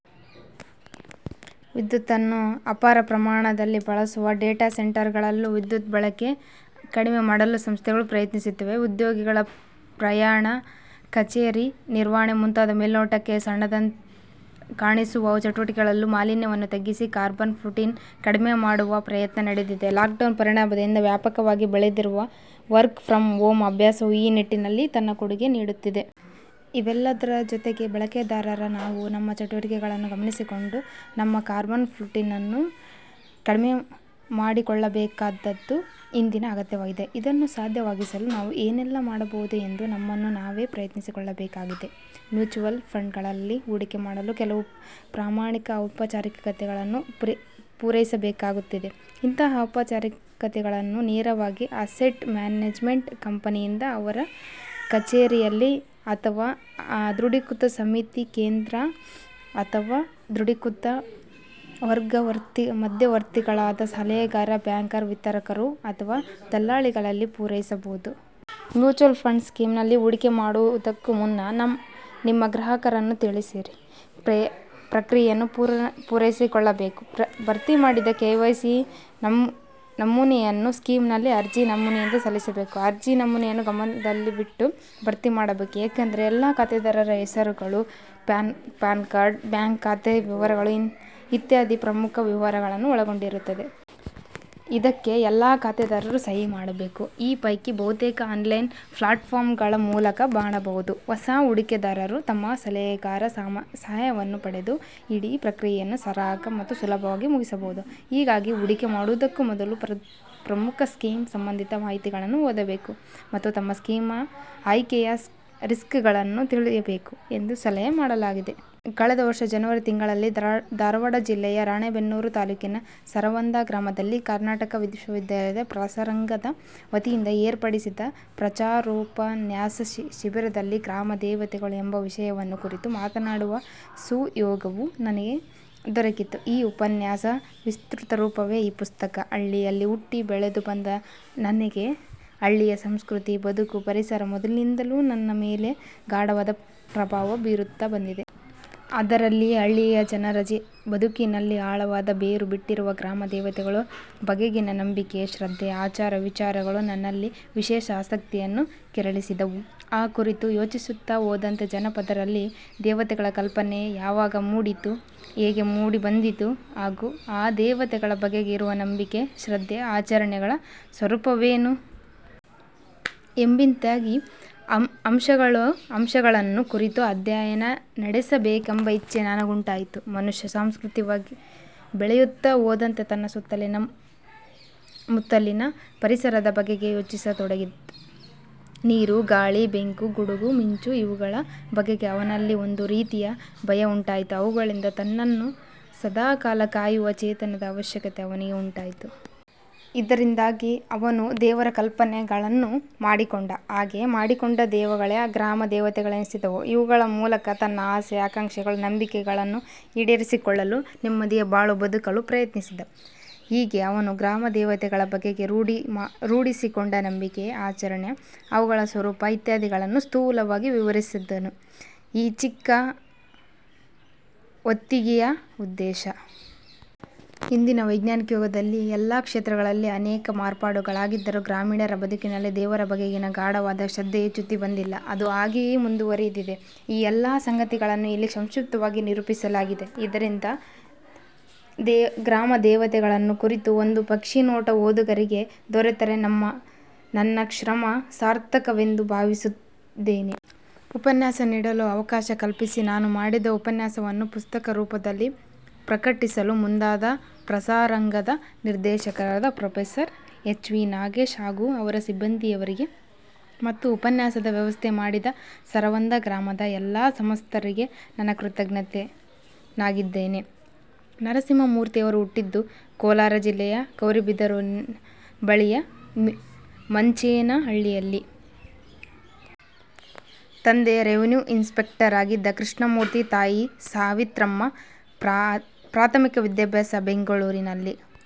ವಿದ್ಯುತ್ತನ್ನು ಅಪಾರ ಪ್ರಮಾಣದಲ್ಲಿ ಬಳಸುವ ಡೇಟಾಸೆಂಟರುಗಳಲ್ಲೂ ವಿದ್ಯುತ್ ಬಳಕೆ ಕಡಿಮೆ ಮಾಡಲು ಸಂಸ್ಥೆಗಳು ಪ್ರಯತ್ನಿಸುತ್ತಿವೆ. ಉದ್ಯೋಗಿಗಳ ಪ್ರಯಾಣ, ಕಚೇರಿ ನಿರ್ವಹಣೆ ಮುಂತಾದ ಮೇಲ್ನೋಟಕ್ಕೆ ಸಣ್ಣದರಂತೆ ಕಾಣುವ ಚಟುವಟಿಕೆಗಳಲ್ಲೂ ಮಾಲಿನ್ಯವನ್ನು ತಗ್ಗಿಸಿ ಕಾರ್ಬನ್ ಫುಟ್ಪ್ರಿಂಟ್ ಕಡಿಮೆ ಮಾಡುವ ಪ್ರಯತ್ನ ನಡೆದಿದೆ. ಲಾಕ್ಡೌನ್ ಪರಿಣಾಮವಾಗಿ ವ್ಯಾಪಕವಾಗಿ ಬೆಳೆದಿರುವ ವರ್ಕ್ ಫ್ರಮ್ ಹೋಮ್ ಅಭ್ಯಾಸವೂ ಈ ನಿಟ್ಟಿನಲ್ಲಿ ತನ್ನ ಕೊಡುಗೆ ನೀಡುತ್ತಿದೆ. ಇವೆಲ್ಲದರ ಜೊತೆಗೆ ಬಳಕೆದಾರರಾದ ನಾವೂ ನಮ್ಮ ಚಟುವಟಿಕೆಗಳನ್ನು ಗಮನಿಸಿಕೊಂಡು ನಮ್ಮ ಕಾರ್ಬನ್ ಫುಟ್ಪ್ರಿಂಟನ್ನೂ ಕಡಿಮೆಮಾಡಿಕೊಳ್ಳಬೇಕಾದ್ದು ಇಂದಿನ ಅಗತ್ಯವಾಗಿದೆ. ಅದನ್ನು ಸಾಧ್ಯವಾಗಿಸಲು ನಾವು ಏನೆಲ್ಲ ಮಾಡಬಹುದು ಎಂದು ನಮ್ಮನ್ನು ನಾವೇ ಪ್ರಶ್ನಿಸಿಕೊಳ್ಳಬೇಕಿದೆ. ಮ್ಯೂಚುವಲ್ ಫಂಡ್ಗಳಲ್ಲಿ ಹೂಡಿಕೆ ಮಾಡಲು ಕೆಲವು ಪ್ರಾಥಮಿಕ ಔಪಚಾರಿಕತೆಗಳನ್ನು ಪೂರೈಸಬೇಕಾಗುತ್ತದೆ. ಇಂತಹ ಔಪಚಾರಿಕತೆಗಳನ್ನು ನೇರವಾಗಿ ಅಸೆಟ್ ಮ್ಯಾನೇಜ್ಮೆಂಟ್ ಕಂಪನಿ ಯಲ್ಲಿ ಅವರ ಕಚೇರಿಯಲ್ಲಿ ಅಥವಾ ದೃಢೀಕೃತ ಸಮ್ಮತಿ ಕೇಂದ್ರ ಅಥವಾ ದೃಢೀಕೃತ ಮಧ್ಯವರ್ತಿಗಳಾದ ಸಲಹೆಗಾರರು, ಬ್ಯಾಂಕರ್, ವಿತರಕರು ಅಥವಾ ದಲ್ಲಾಳಿಗಳಲ್ಲಿ ಪೂರೈಸಬಹುದು. ಮ್ಯೂಚುವಲ್ ಫಂಡ್ ಸ್ಕೀಮ್ನಲ್ಲಿ ಹೂಡಿಕೆ ಮಾಡುವುದಕ್ಕೂ ಮುನ್ನ, ನಿಮ್ಮ ಗ್ರಾಹಕರನ್ನು ತಿಳಿಯಿರಿ ಪ್ರಕ್ರಿಯೆಯನ್ನು ಪೂರೈಸಬೇಕು. ಭರ್ತಿ ಮಾಡಿದ ಕೆವೈಸಿ ನಮೂನೆಯನ್ನು ಸ್ಕೀಮ್ ಅರ್ಜಿ ನಮೂನೆಯೊಂದಿಗೆ ಸಲ್ಲಿಸಬೇಕು. ಅರ್ಜಿ ನಮೂನೆಯನ್ನು ಗಮನವಿಟ್ಟು ಭರ್ತಿ ಮಾಡಬೇಕು. ಯಾಕೆಂದರೆ, ಎಲ್ಲ ಖಾತೆದಾರರ ಹೆಸರುಗಳು, ಪ್ಯಾನ್ ಸಂಖ್ಯೆ, ಬ್ಯಾಂಕ್ ಖಾತೆ ವಿವರಗಳು ಇತ್ಯಾದಿ ಪ್ರಮುಖ ವಿವರಗಳನ್ನು ಒಳಗೊಂಡಿರುತ್ತದೆ. ಇದಕ್ಕೆ ಎಲ್ಲ ಖಾತೆದಾರರೂ ಸಹಿ ಮಾಡಬೇಕು. ಈ ಪೈಕಿ ಬಹುತೇಕವನ್ನು ಆನ್ಲೈನ್ ಪ್ಲಾಟ್ಫಾರಂಗಳ ಮೂಲಕವೂ ಮಾಡಬಹುದು. ಹೊಸ ಹೂಡಿಕೆದಾರರು ತಮ್ಮ ಸಲಹೆಗಾರರ ಸಹಾಯವನ್ನು ಪಡೆದು ಇಡೀ ಪ್ರಕ್ರಿಯೆಯನ್ನು ಸರಾಗ ಮತ್ತು ಸುಲಭವಾಗಿ ಮುಗಿಸಬಹುದು. ಹೀಗಾಗಿ, ಹೂಡಿಕೆ ಮಾಡುವುದಕ್ಕೂ ಮೊದಲು ಪ್ರಮುಖ ಸ್ಕೀಮ್ ಸಂಬಂಧಿತ ಮಾಹಿತಿಯನ್ನು ಓದಬೇಕು ಮತ್ತು ತಮ್ಮ ಸ್ಕೀಮ್ ಆಯ್ಕೆಯ ರಿಸ್ಕ್ಗಳನ್ನು ತಿಳಿಯಬೇಕು ಎಂದು ಸಲಹೆ ಮಾಡಲಾಗಿದೆ. ಕಳೆದ ವರ್ಷ ಜನೆವರಿ ತಿಂಗಳಿನಲ್ಲಿ ಧಾರವಾಡ ಜಿಲ್ಲೆಯ ರಾಣೇಬೆನ್ನೂರ ತಾಲೂಕಿನ ಸರವಂದ ಗ್ರಾಮದಲ್ಲಿ ಕರ್ನಾಟಕ ವಿಶ್ವವಿದ್ಯಾಲಯದ ಪ್ರಸಾರಾಂಗದ ವತಿಯಿಂದ ಏರ್ಪಡಿಸಿದ್ದ ಪ್ರಚಾರೋಪನ್ಯಾಸ ಶಿಬಿರದಲ್ಲಿ 'ಗ್ರಾಮದೇವತೆಗಳು' ಎಂಬ ವಿಷಯವನ್ನು ಕುರಿತು ಮಾತನಾಡುವ ಸುಯೋಗವು ನನಗೆ ದೊರೆಕಿತ್ತು. ಆ ಉಪನ್ಯಾಸದ ವಿಸ್ತೃತರೂಪವೇ ಈ ಪಸ್ತಕ. ಹಳ್ಳಿಯಲ್ಲಿ ಹುಟ್ಟಿ ಬೆಳೆದು ಬಂದ ನನಗೆ ಅಲ್ಲಿಯ ಸಂಸ್ಕೃತಿ, ಬದುಕು, ಪರಿಸರ, ಮೊದಲಿನಿಂದಲೂ ನನ್ನ ಮೇಲೆ ಗಾಢವಾದ ಪ್ರಭಾವ ಬೀರುತ್ತ ಬಂದಿವೆ. ಅದರಲ್ಲಿಯೇ ಹಳ್ಳಿಯ ಜನರ ಬದುಕಿನಲ್ಲಿ ಆಳವಾಗಿ ಬೇರುಬಿಟ್ಟಿರುವ ಗ್ರಾಮದೇವತೆಗಳ ಬಗೆಗಿನ ನಂಬಿಕೆ, ಶ್ರದ್ಧೆ, ಆಚಾರ, ವಿಚಾರಗಳು, ನನ್ನಲ್ಲಿ ವಿಶೇಷ ಆಸಕ್ತಿಯನ್ನು ಕೆರಳಿಸಿದವು. ಆ ಕುರಿತು ಯೋಚಿಸುತ್ತ ಹೋದಂತೆ ಜನಪದರಲ್ಲಿ ದೇವತೆಗಳ ಕಲ್ಪನೆ ಯಾವಾಗ ಮೂಡಿತು. ಹೇಗೆ ಮೂಡಿಬಂದಿತು? ಹಾಗೂ ಆ ದೇವತೆಗಳ ಬಗೆಗೆ ಇರುವ ನಂಬಿಕೆ, ಶ್ರದ್ಧೆ ಆಚರಣೆಗಳ ಸ್ವರೂಪವೇನು? ಎಂಬಿತ್ಯಾದಿ ಅಂಶಗಳನ್ನು ಕುರಿತು ಅಧ್ಯಯನ ನಡೆಸಬೇಕೆಂಬ ಇಚ್ಛೆ ನನಗುಂಟಾಯಿತು. ಮನುಷ್ಯ ಸಾಂಸ್ಕೃತಿಕವಾಗಿ ಬೆಳೆಯುತ್ತ ಹೋದಂತೆ ತನ್ನ ಸುತ್ತ ಮುತ್ತಲಿನ ಪರಿಸರದ ಬಗೆಗೆ ಯೋಚಿಸತೊಡಗಿದ. ನೀರು, ಗಾಳಿ, ಬೆಂಕಿ, ಗುಡುಗು, ಮಿಂಚು ಇವುಗಳ ಬಗೆಗೆ ಅವನಲ್ಲಿ ಒಂದು ರೀತಿಯ ಭಯ ಉಂಟಾಯಿತು ಅವುಗಳಿಂದ ತನ್ನನ್ನು ಸದಾ ಕಾಲ ಕಾಯುವ ಚೇತನದ ಅವಶ್ಯಕತೆ ಅವನಿಗೆ ಉಂಟಾಯಿತು. ಇದರಿಂದಾಗಿ ಅವನು ದೇವರ ಕಲ್ಪನೆಯನ್ನು ಮಾಡಿಕೊಂಡ. ಹಾಗೆ ಮಾಡಿಕೊಂಡ ದೆವಗಳೇ ಗ್ರಾಮ ದೇವತೆಗಳೆನಿಸಿದವು. ಇವುಗಳ ಮೂಲಕ ತನ್ನ ಆಶೆ, ಆಕಾಂಕ್ಷೆ, ನಂಬಿಕೆಗಳನ್ನು ಈಡೇರಿಸಿಕೊಳ್ಳಲು, ನೆಮ್ಮದಿಯ ಬಾಳು ಬದುಕಲು ಪ್ರಯತ್ನಿಸಿದ. ಹೀಗೆ ಅವನು ಗ್ರಾಮದೇವತೆಗಳ ಬಗೆಗೆ ರೂಢಿಸಿಕೊಂಡ ನಂಬಿಕೆ, ಆಚರಣೆ, ಅವುಗಳ ಸ್ವರೂಪ ಇತ್ಯಾದಿಗಳನ್ನು ಸ್ಥೂಲವಾಗಿ ವಿವರಿಸುವದು ಈ ಚಿಕ್ಕ ಹೊತ್ತಿಗೆಯ ಉದ್ದೇಶ. ಇಂದಿನ ವೈಜ್ಞಾನಿಕಯುಗದಲ್ಲಿ ಎಲ್ಲ ಕ್ಷೇತ್ರಗಳಲ್ಲಿ ಅನೇಕ ಮಾರ್ಪಾಡುಗಳಾಗಿದ್ದರೂ ಗ್ರಾಮೀಣರ ಬದುಕಿನಲ್ಲಿ ದೇವರ ಬಗೆಗಿದ್ದ ಗಾಢವಾದ ಶ್ರದ್ಧೆಗೆ ಚ್ಯುತಿ ಬಂದಿಲ್ಲ. ಅದು ಹಾಗೆಯೇ ಮುಂದುವರೆದಿದೆ. ಈ ಎಲ್ಲ ಸಂಗತಿಗಳನ್ನು ಇಲ್ಲಿ ಸಂಕ್ಷಿಪ್ತವಾಗಿ ನಿರೂಪಿಸಲಾಗಿದೆ. ಇದರಿಂದ ಗ್ರಾಮದೇವತೆಗಳನ್ನು ಕುರಿತು ಒಂದು ಪಕ್ಷಿನೋಟ ಓದುಗರಿಗೆ ದೊರೆತರೆ ನನ್ನ ಶ್ರಮ ಸಾರ್ಥಕವೆಂದು ಭಾವಿಸಿದ್ದೇನೆ. ಉಪನ್ಯಾಸ ನೀಡಲು ಅವಕಾಶ ಕಲ್ಪಿಸಿ ನಾನು ಮಾಡಿದ ಉಪನ್ಯಾಸವನ್ನು ಪುಸ್ತಕ ರೂಪದಲ್ಲಿ ಪ್ರಕಟಿಸಲು ಮುಂದಾದ ಪ್ರಸಾರಾಂಗದ ನಿರ್ದೇಶಕರಾದ ಪ್ರೊ ಎಚ್. ವಿ. ನಾಗೇಶ್ ಹಾಗೂ ಅವರ ಸಿಬ್ಬಂದಿಯವರಿಗೆ, ಮತ್ತು ಉಪನ್ಯಾಸದ ವ್ಯವಸ್ಥೆ ಮಾಡಿದ ಸರವಂದ ಗ್ರಾಮದ ಎಲ್ಲ ಸಮಸ್ತರಿಗೆ ನಾನು ಕೃತಜ್ಞನಾಗಿದ್ದೇನೆ. ನರಸಿಂಹಮೂರ್ತಿಯವರು ಹುಟ್ಟಿದ್ದು ಕೋಲಾರ ಜಿಲ್ಲೆಯ ಗೌರಿಬಿದನೂರಿನ ಬಳಿಯ ಮಂಚೇನಹಳ್ಳಿಯಲ್ಲಿ. ತಂದೆ ರೆವಿನ್ಯೂ ಇನ್ಸ್ ಪೆಕ್ಟರಾಗಿದ್ದ ಕೃಷ್ಣಮೂರ್ತಿ, ತಾಯಿ ಸಾವಿತ್ರಮ್ಮ. ಪ್ರಾಥಮಿಕ ವಿದ್ಯಾಭ್ಯಾಸ ಬೆಂಗಳೂರಿನಲ್ಲಿ.